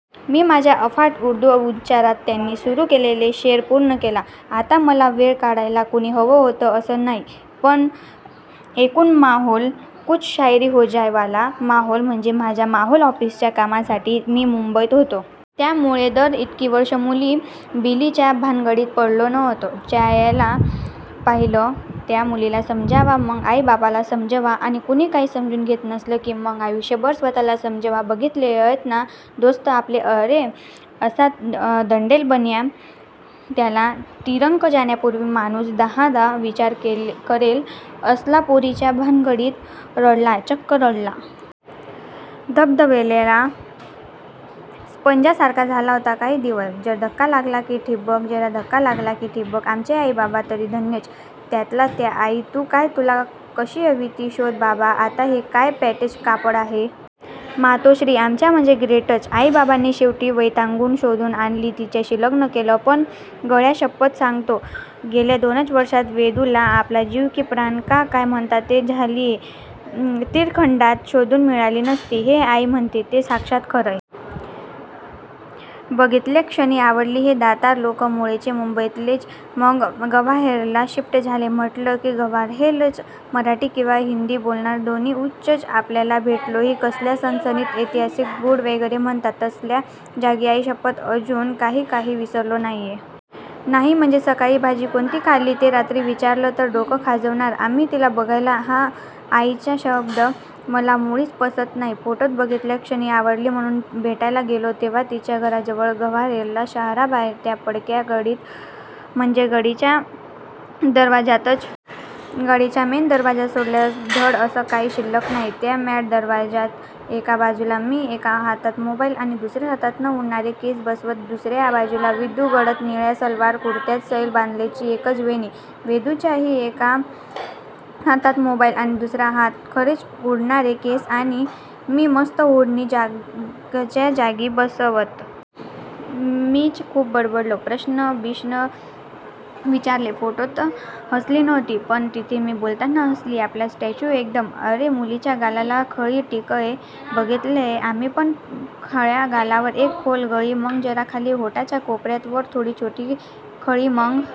मी माझ्या अफाट उर्दू उच्चारात त्यांनी सुरू केलेला शेर पूर्ण केला. आता मला वेळ काढायला कुणी हवं होतं असं नाही पण एकूण माहोल "कुछ शायरी हो जाय " वाला. माहोल म्हणजे माझा माहोल ऑफिसच्या कामासाठी मी मुंबईत होतो. त्यामुळेच तर इतकी वर्षं मुली-बिलीच्या भानगडीत पडलो नव्हतो. च्यायला पहिलं त्या मुलीला समजवा, मग आई-बापाला समजवा आणि कुणी काही समजून घेत नसलं की मग आयुष्यभर स्वत:ला समजवा. बघितलेयत ना दोस्त आपले. अरे, असला दंडेल बन्या, त्याला तिरकं जाण्यापूर्वी माणूस दहादा विचार करेल, असला पोरीच्या भानगडीत रडला, चक्क रडला! थबथबलेल्या स्पंजसारखा झाला होता काही दिवस. जरा धक्का लागला की ठिबक, जरा धक्का लागला की ठिबक! आमचे आई-बाबा तरी धन्यच. त्यातल्या त्यात आई 'तू काय तुला कशी हवी ती शोध बाबा'. आता हे काय पँटचं कापड आहे? मातोश्री आमच्या म्हणजे ग्रेटच. आई-बाबांनी शेवटी वैतागून शोधून आणली तिच्याशी लग्न केलं. पण गळ्याशप्पथ सांगतो, गेल्या दोनच वर्षांत विदुला, आपला जीव की प्राण का काय म्हणतात ते झालीये. त्रिखंडात शोधून मिळाली नसती, हे आई म्हणते ते साक्षात खरंय. बघितल्याक्षणी आवडली. हे दातार लोक मुळचे मुंबईतलेच मग ग्वाल्हेरला शिफ़्ट झाले. म्हटलं ही ग्वाल्हेरचं मराठी किंवा हिंदी बोलणार, दोन्ही उच्चच आपल्याला. भेटलोही कसल्या सणसणीत ऐतिहासिक, गूढ वगैरे म्हणतात तसल्या जागी. आईशप्पथ, अजून, काही काही विसरलो नाहीये. नाही म्हणजे सकाळी भाजी कोणती खाल्ली ते रात्री विचारलं तर डोकं खाजवणार आम्ही. तिला "बघायला" हा आईचा शब्द, मला मुळीच पसंत नाही- फोटोत बघितल्याक्षणी आवडली म्हणून "भेटायला" गेलो तेव्हा. तिच्या घराजवळ ग्वाल्हेरला शहराबाहेर त्या पडक्या गढीत, म्हणजे गढीच्या दरवाजातच. गढीचा मेन दरवाजा सोडल्यास धड असं काही शिल्लक नाही. त्या मॅड दरवाजात एका बाजूला मी, एका हातात मोबाईल आणि दुसरा हात न उडणारे केस बसवत. दुसर्या बाजूला विदू, गडद निळ्या सलवार कुरत्यात. सैल बांधलेली एकच वेणी, विदूच्याही एका हातात मोबाईल आणि दुसरा हात खरेच उडणारे केस आणि ती मस्तं ओढणी जागच्या जागी बसवत. मीच खूप बडबडलो, प्रश्न-बिश्नं विचारले. फोटोत हसली नव्हती, पण तिथे मी बोलताना हसली. आपला स्टॅच्यूच एकदम. अरे मुलीच्या गालाला खळी ठीकय, बघितलीये, आम्हीपण. पण खळ्या? गालावर एक खोल खळी, मग जरा खाली ओठांच्या कोपर्यात वर थोडी छोटी खळी, मग--